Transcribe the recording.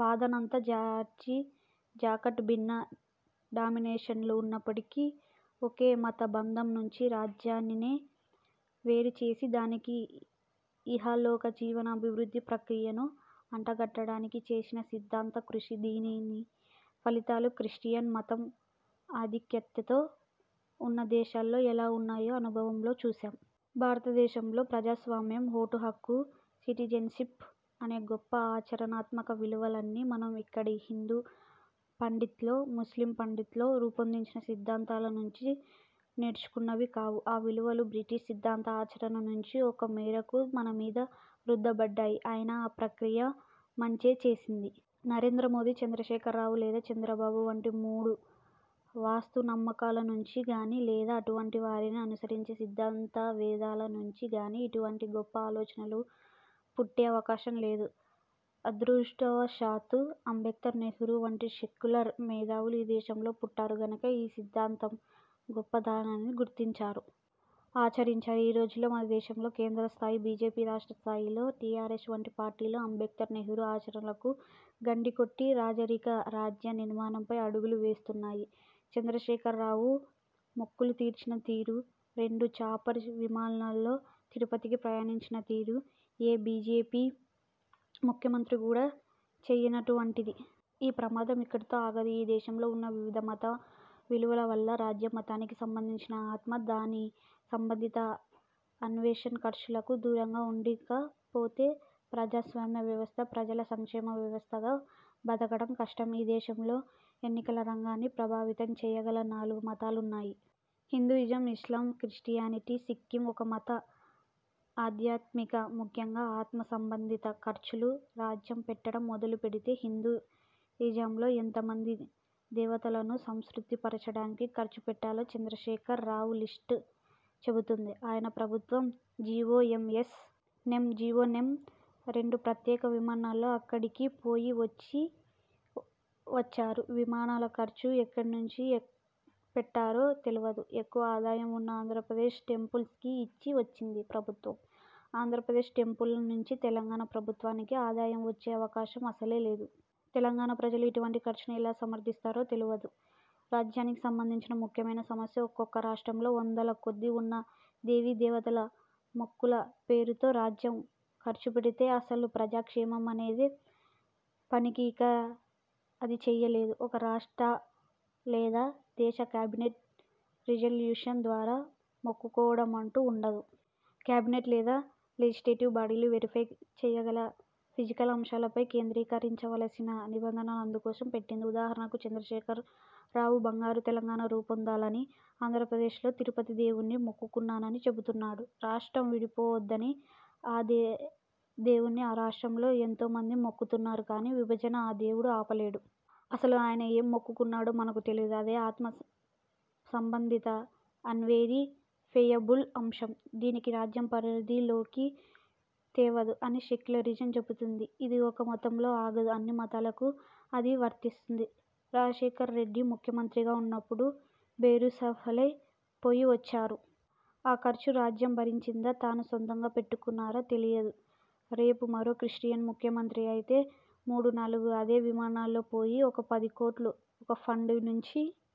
వాదనంతా George Jacob భిన్న డినామినేషన్లు ఉన్నప్పటి ఒకే మత బంధం నుంచి రాజ్యాన్ని వేరు చేసి దానికి ఇహలోక జీవన అభివృద్ధి ప్రక్రియను అంటగట్టడానికి చేసిన సిద్ధాంత కృషి. దీని ఫలితాలు క్రిస్టియన్ మతం ఆధిక్యతలో ఉన్న దేశాల్లో ఎలా ఉన్నాయో అనుభవంలో చూశాం. భారతదేశంలో ప్రజాస్వామ్యం, ఓటుహక్కు, సిటిజెన్షిప్ అనే గొప్ప ఆచరణాత్మక విలువల్ని మనం ఇక్కడి హిందూ పండితులో, ముస్లిం పండితులో రూపొందించిన సిద్ధాంతాల నుంచి నేర్చుకున్నవి కావు. ఆ విలువలు బ్రిటిష్ సిద్ధాంత, ఆచరణ నుంచి ఒక మేరకు మన మీద రుద్దబడ్డాయి. ఐనా ఆ ప్రక్రియ మంచే చేసింది. నరేంద్ర మోదీ, చంద్రశేఖర్ రావు లేదా చంద్రబాబు వంటి మూడు, వాస్తు నమ్మకల నుంచి గానీ, లేదా అటువంటి వారిని అనుసరించే సిద్ధాంతవేత్తల నుంచి గానీ ఇటువంటి గొప్ప ఆలోచనలు పుట్టే అవకాశం లేదు. అదృష్టవశాత్తు అంబేడ్కర్, నెహ్రూ వంటి సెక్యులర్ మేధావులు ఈ దేశంలో పుట్టారు కనుక ఈ సిద్ధాంతం గొప్పతనాన్ని గుర్తించారు. ఆచరించారు. ఈ రోజుల్లో మన దేశంలో కేంద్ర స్థాయిలో బీజేపీ రాష్ట్ర స్థాయిలో టీఆర్ఎస్ వంటి పార్టీలు అంబేడ్కర్, నెహ్రూల ఆచరణకు గండికొట్టి రాజరిక రాజ్య నిర్మాణం వైపు అడుగులు వేస్తున్నాయి. చంద్రశేఖర్ రావు మొక్కులు తీర్చిన తీరు, రెండు చాపర్ విమానాల్లో తిరుపతికి ప్రయాణించిన తీరు, ఏ బీజేపీ ముఖ్యమంత్రి కూడా చెయ్యనటువంటిది. ఈ ప్రమాదం ఇక్కడితో ఆగదు. ఈ దేశంలో ఉన్న వివిధ మత విలువల వల్ల రాజ్యం మతానికి సంబంధించిన ఆత్మ, దాని సంబంధిత అన్వేషన్ ఖర్చులకు దూరంగా ఉండకపోతే ప్రజాస్వామ్య వ్యవస్థ ప్రజల సంక్షేమ వ్యవస్థగా బతకడం కష్టం. ఈ దేశంలో ఎన్నికల రంగాన్ని ప్రభావితం చెయ్యగల నాలుగు మతాలున్నాయి. హిందూయిజం, ఇస్లాం, క్రిస్టియానిటీ, సిక్కిజం. ఒక మత ఆధ్యాత్మిక ముఖ్యంగా ఆత్మ సంబంధిత ఖర్చులు రాజ్యం పెట్టడం మొదలు పెడితే హిందూ ఇజంలో ఎంత మంది దేవతలను సంతృప్తి పర్చడానికి ఖర్చు పెట్టాలో చంద్రశేఖర్ రావు లిస్టే చెబుతుంది. ఆయన ప్రభుత్వం జీవో ఎం. ఎస్. నెం. జీవో నెం. రెండు ప్రత్యేక విమానాల్లో అక్క డికి పోయి వాచ్చి వచ్చారు. విమానాల ఖర్చు ఎక్కడి నుంచి పెట్టారో తెలువదు. ఎక్కువ ఆదాయం ఉన్న ఆంధ్రప్రదేశ్ టెంపుల్స్ కి ఇచ్చి వచ్చిందీ ప్రభుత్వం. ఆంధ్రప్రదేశ్ టెంపుళ్ల నుంచి తెలంగాణ ప్రభుత్వానికి ఆదాయం వచ్చే అవకాశం అసలే లేదు. తెలంగాణ ప్రజలు ఇటువంటి ఖర్చును ఎలా సమర్థిస్తారో తెలువది. రాజ్యానికి సంబంధించిన ముఖ్యమైన సమస్య ఒక్కొక్క రాష్ట్రంలో వందల కొద్దీ ఉన్న దేవీదేవతలు మొక్కుల పేరుతో రాజ్యం ఖర్చుపెడితే అసలు ప్రజా క్షేమమనే పని ఇక అది చెయ్యలేదు. ఒక రాష్ట్ర లేదా దేశ కేబినెట్ రెజల్యూషన్ ద్వారా మొక్కుకోవడమంటూ ఉండదు. కేబినెట్ లేదా లెజిస్లేటివ్ బాడీలు వెరిఫై చెయ్యగల ఫిజికల్ అంశాలపై కేంద్రీకరించవలసిన నిబంధన అందుకోసం పెట్టింది. ఉదాహరణకు చంద్రశేఖర్ రావు బంగారు తెలంగాణ రూపొందాలని ఆంధ్రప్రదేశ్లో తిరుపతి దేవునికి మొక్కుకున్నానని చెబుతున్నాడు. రాష్ట్రం విడిపోవద్దని అదే దేవుణ్ణి ఆ రాష్ట్రంలో ఎంతోమంది మొక్కుకున్నారు. కానీ విభజనను ఆ దేవుడు ఆపలేదు. అసలు ఆయన ఏం మొక్కుకున్నాడో మనకు తెలియదు. ఆదే ఆత్మ సంబంధిత అన్వెరి ఫెయబుల్ అంశం. దీన్ని రాజ్యం పరిధిలోకి తేవద్దు అని సెక్యులరిజం చెబుతుంది. ఇది ఒక్క మతంతో ఆగదు. అన్ని మతాలకు అది వర్తిస్తుంది. రాజశేఖర్ రెడ్డి ముఖ్యమంత్రిగా ఉన్నప్పుడు జెరూసలేం పొ యివాచారు. ఆ ఖర్చు రాజ్యం భరించిందా తాను సొంతంగా పెట్టుకున్నారా తెలియదు. రేపు మరో క్రిస్టియన్ ముఖ్యమంత్రి అయితే మూడు నాలుగు అదే విమానాల్లో పోయి ఒక పదికోట్లు ఒక ఫండ్ నుంచి